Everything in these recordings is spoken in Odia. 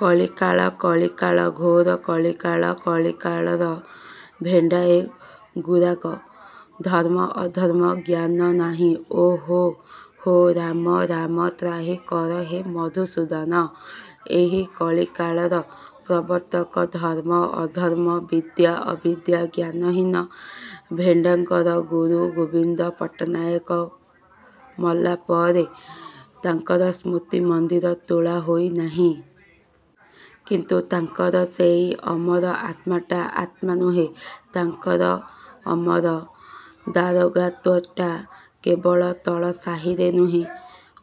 କଳିକାଳ କଳିକାଳ ଘୋର କଳିକାଳ କଳିକାଳର ଭେଣ୍ଡା ଏ ଗୁରାକ। ଧର୍ମ ଅଧର୍ମ ଜ୍ଞାନ ନାହିଁ ଓ ହୋ ହୋ ରାମ, ରାମ, ତ୍ରାହି କର ହେ ମଧୁସୂଦନ ।'' ଏହି କଳିକାଳର ପ୍ରବର୍ତ୍ତକ, ଧର୍ମ ଅଧର୍ମ, ବିଦ୍ୟା ଅବିଦ୍ୟା, ଜ୍ଞାନହୀନ ଭେଣ୍ଡାଙ୍କର ଗୁରୁ ଗୋବିନ୍ଦ ପଟ୍ଟନାୟକ ମଲା ପରେ ତାଙ୍କର ସ୍ମୃତି ମନ୍ଦିର ତୋଳା ହୋଇ ନାହିଁ। କିନ୍ତୁ ତାଙ୍କର ସେଇ ଅମର ଆତ୍ମାଟା, ଆତ୍ମା ନୁହେଁ ତାଙ୍କର ଅମର ଦାରୋଗାତ୍ୱଟା କେବଳ ତଳ ସାହିରେ ନୁହେଁ,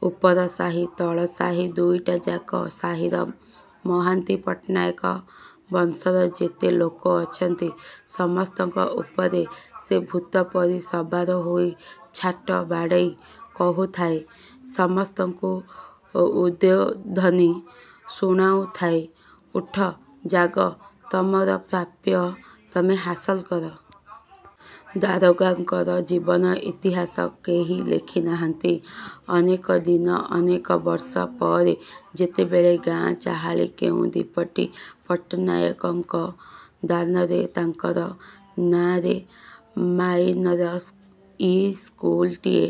ଉପର ସାହି ତଳସାହି ଦୁଇଟାଯାକ ସାହିର ମହାନ୍ତି ପଟ୍ଟନାୟକ ବଂଶର ଯେତେ ଲୋକ ଅଛନ୍ତି ସମସ୍ତଙ୍କ ଉପରେ ସେ ଭୂତପରି ସବାର ହୋଇ ଛାଟ ବାଡ଼େଇ କହୁଥାଏ ସମସ୍ତଙ୍କୁ ଉଦ୍ବୋଧନୀ ଶୁଣାଉଥାଏ ଉଠ, ଜାଗ, ତମର ପ୍ରାପ୍ୟ ତମେ ହାସଲ କର! ଦାରୋଗାଙ୍କର ଜୀବନ ଇତିହାସ କେହି ଲେଖି ନାହାନ୍ତି। ଅନେକ ଦିନ ଅନେକ ବର୍ଷ ପରେ ଯେତେବେଳେ ଗାଁ ଚାହାଳି କେଉଁ ଦିପଟି ପଟ୍ଟନାୟକଙ୍କ ଦାନରେ ତାଙ୍କର ନାଆଁରେ ମାଇନର ଇସ୍କୁଲଟିଏ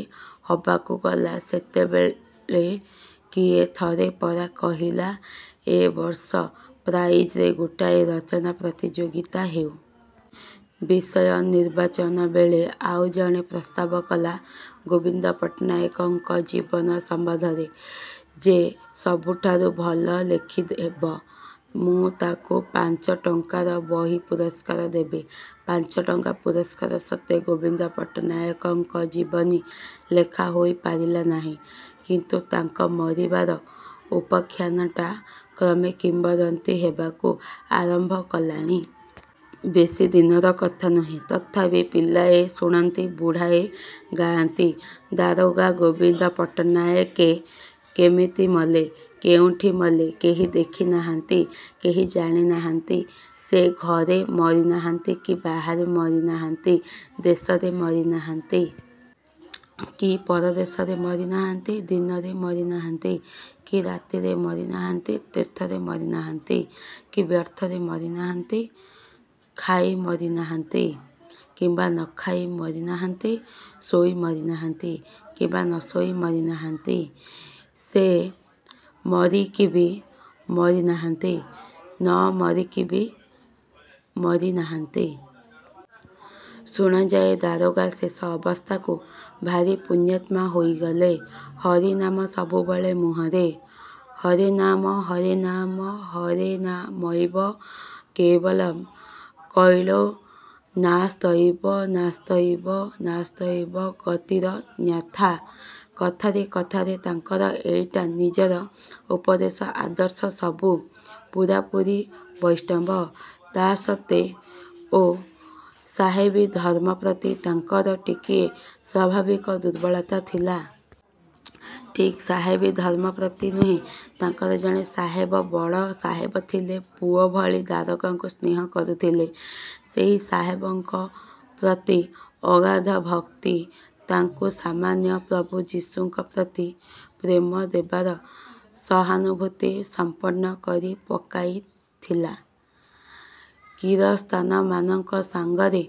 ହବାକୁ ଗଲା ସେତେବେଳେ କିଏ ଥରେ ପରା କହିଲା, ଏ ବର୍ଷ ପ୍ରାଇଜରେ ଗୋଟାଏ ରଚନା ପ୍ରତିଯୋଗୀତା ହେଉ। ବିଷୟ ନିର୍ବାଚନବେଳେ ଆଉ ଜଣେ ପ୍ରସ୍ତାବ କଲା, ଗୋବିନ୍ଦ ପଟ୍ଟନାୟକଙ୍କ ଜୀବନ ସମ୍ବନ୍ଧରେ ଯେ ସବୁଠାରୁ ଭଲ ଲେଖିଦେବ, ମୁଁ ତାକୁ ପାଞ୍ଚଟଙ୍କାର ବହି ପୁରସ୍କାର ଦେବି। ପାଞ୍ଚଟଙ୍କା ପୁରସ୍କାର ସତ୍ତ୍ୱେ ଗୋବିନ୍ଦ ପଟ୍ଟନାୟକଙ୍କ ଜୀବନୀ ଲେଖା ହୋଇ ପାରିଲା ନାହିଁ। କିନ୍ତୁ ତାଙ୍କ ମରିବାର ଉପାଖ୍ୟାନଟା କ୍ରମେ କିମ୍ବଦନ୍ତୀ ହେବାକୁ ଆରମ୍ଭ କଲାଣି। ବେଶି ଦିନର କଥା ନୁହେଁ। ତଥାପି ପିଲାଏ ଶୁଣନ୍ତି ବୁଢ଼ାଏ ଗାଆନ୍ତି। ଦାରୋଗା ଗୋବିନ୍ଦ ପଟ୍ଟନାହାକେ କେମିତି ମଲେ। କେଉଁଠି ମଲେ କେହି ଦେଖି ନାହାନ୍ତି, କେହି ଜାଣି ନାହାନ୍ତି। ସେ ଘରେ ମରି ନାହାନ୍ତି କି ବାହାରେ ମରି ନାହାନ୍ତି, ଦେଶରେ ମରି ନାହାନ୍ତି କି ପର ଦେଶରେ ମରି ନାହାନ୍ତି, ଦିନରେ ମରି ନାହାନ୍ତି କି ରାତ୍ରିରେ ମରି ନାହାନ୍ତି, ତୀର୍ଥରେ ମରି ନାହାନ୍ତି କି ବ୍ୟର୍ଥରେ ମରିନାହାନ୍ତି, ଖାଇ ମରି ନାହାନ୍ତି, କିମ୍ବା ନ ଖାଇ ମରି ନାହାନ୍ତି, ଶୋଇ ମରି ନାହାନ୍ତି କିମ୍ବା ନ ଶୋଇ ମରି ନାହାନ୍ତି, ସେ ମରିକିବି ମରି ନାହାନ୍ତି ନ ମରିକିବି ମରି ନାହାନ୍ତି। ଶୁଣାଯାଏ ଦାରୋଗା ଶେଷ ଅବସ୍ଥାକୁ ଭାରି ପୁଣ୍ୟାତ୍ମା ହୋଇଗଲେ। ହରିନାମ ସବୁବେଳେ ମୁହଁରେ। ''ହରେର୍ନାମ ହରେର୍ନାମ ହରେନାମୈବ କେବଳମ୍, କଳୌ ନାସ୍ତୈବ ନାସ୍ତୈବ ନାସ୍ତୈବ ଗତିରନ୍ୟଥା,'' କଥାରେ କଥାରେ ତାଙ୍କର ଏଇଟା ନଜିର, ଉପଦେଶ, ଆଦର୍ଶ ସବୁ। ପୂରାପୂରି ବୈଷ୍ଣବ। ତା' ସତ୍ତ୍ୱେ ଓ ସାହେବୀ ଧର୍ମ ପ୍ରତି ତାଙ୍କର ଟିକିଏ ସ୍ୱାଭାବିକ ଦୁର୍ବଳତା ଥିଲା। ଠିକ୍ ସାହେବୀ ଧର୍ମ ପ୍ରତିନି ତାଙ୍କର ଜଣେ ସାହେବ, ବଡ଼ ସାହେବ ଥିଲେ, ପୁଅ ଭଳି ଦାରୋଗାଙ୍କୁ ସ୍ନେହ କରୁଥିଲେ, ସେହି ସାହେବଙ୍କ ପ୍ରତି ଅଗାଧ ଭକ୍ତି ତାଙ୍କୁ ସାମାନ୍ୟ ପ୍ରଭୁ ଯିଶୁଙ୍କ ପ୍ରତି ପ୍ରେମ ଦେବାର ସହାନୁଭୂତିସମ୍ପନ୍ନ କରି ପକାଇଥିଲା। କିରସ୍ତାନମାନଙ୍କ ସାଙ୍ଗରେ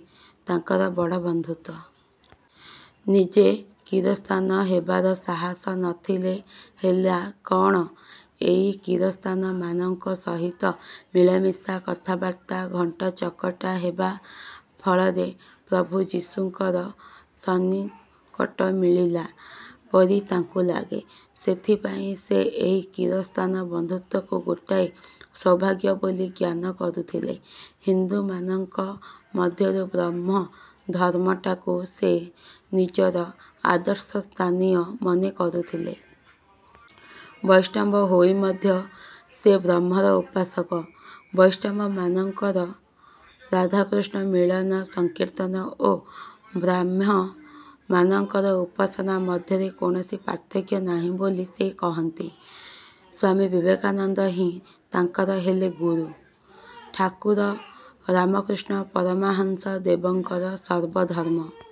ତାଙ୍କର ବଡ଼ ବନ୍ଧୁତ୍ୱ। ନିଜେ କିରସ୍ତାନ ହେବାର ସାହସ ନଥିଲେ ହେଲା କ'ଣ, ଏଇ କିରସ୍ତାନମାନଙ୍କ ସହିତ ମିଳାମିଶା କଥାବାର୍ତ୍ତା ଘଣ୍ଟାଚକଟା ହେବା ଫଳରେ ପ୍ରଭୁ ଯିଶୁଙ୍କର ସନ୍ନିକଟ ମିଳିଲା ପରି ତାଙ୍କୁ ଲାଗେ। ସେଥିପାଇଁ ସେ ଏଇ କିରସ୍ତାନ ବନ୍ଧୁତ୍ୱକୁ ଗୋଟାଏ ସୌଭାଗ୍ୟ ବୋଲି ଜ୍ଞାନ କରୁଥିଲେ। ହିନ୍ଦୁମାନଙ୍କ ମଧ୍ୟରୁ ବ୍ରହ୍ମ ଧର୍ମଟାକୁ ସେ ନିଜର ଆଦର୍ଶସ୍ଥାନୀୟ ମନେ କରୁଥିଲେ। ବୈଷ୍ଣବ ହୋଇ ମଧ୍ୟ ସେ ବ୍ରହ୍ମର ଉପାସକ। ବୈଷ୍ଣବମାନଙ୍କର ରାଧାକୃଷ୍ଣ ମିଳନ ସଂକୀର୍ତ୍ତନ ଓ ବ୍ରାହ୍ମମାନଙ୍କର ଉପାସନା ମଧ୍ୟରେ କୌଣସି ପାର୍ଥକ୍ୟ ନାହିଁ ବୋଲି ସେ କହନ୍ତି। ସ୍ୱାମୀ ବିବେକାନନ୍ଦହିଁ ତାଙ୍କର ହେଲେ ଗୁରୁ। ଠାକୁର ରାମକୃଷ୍ଣ ପରମହଂସ ଦେବଙ୍କର ସର୍ବ ଧର୍ମ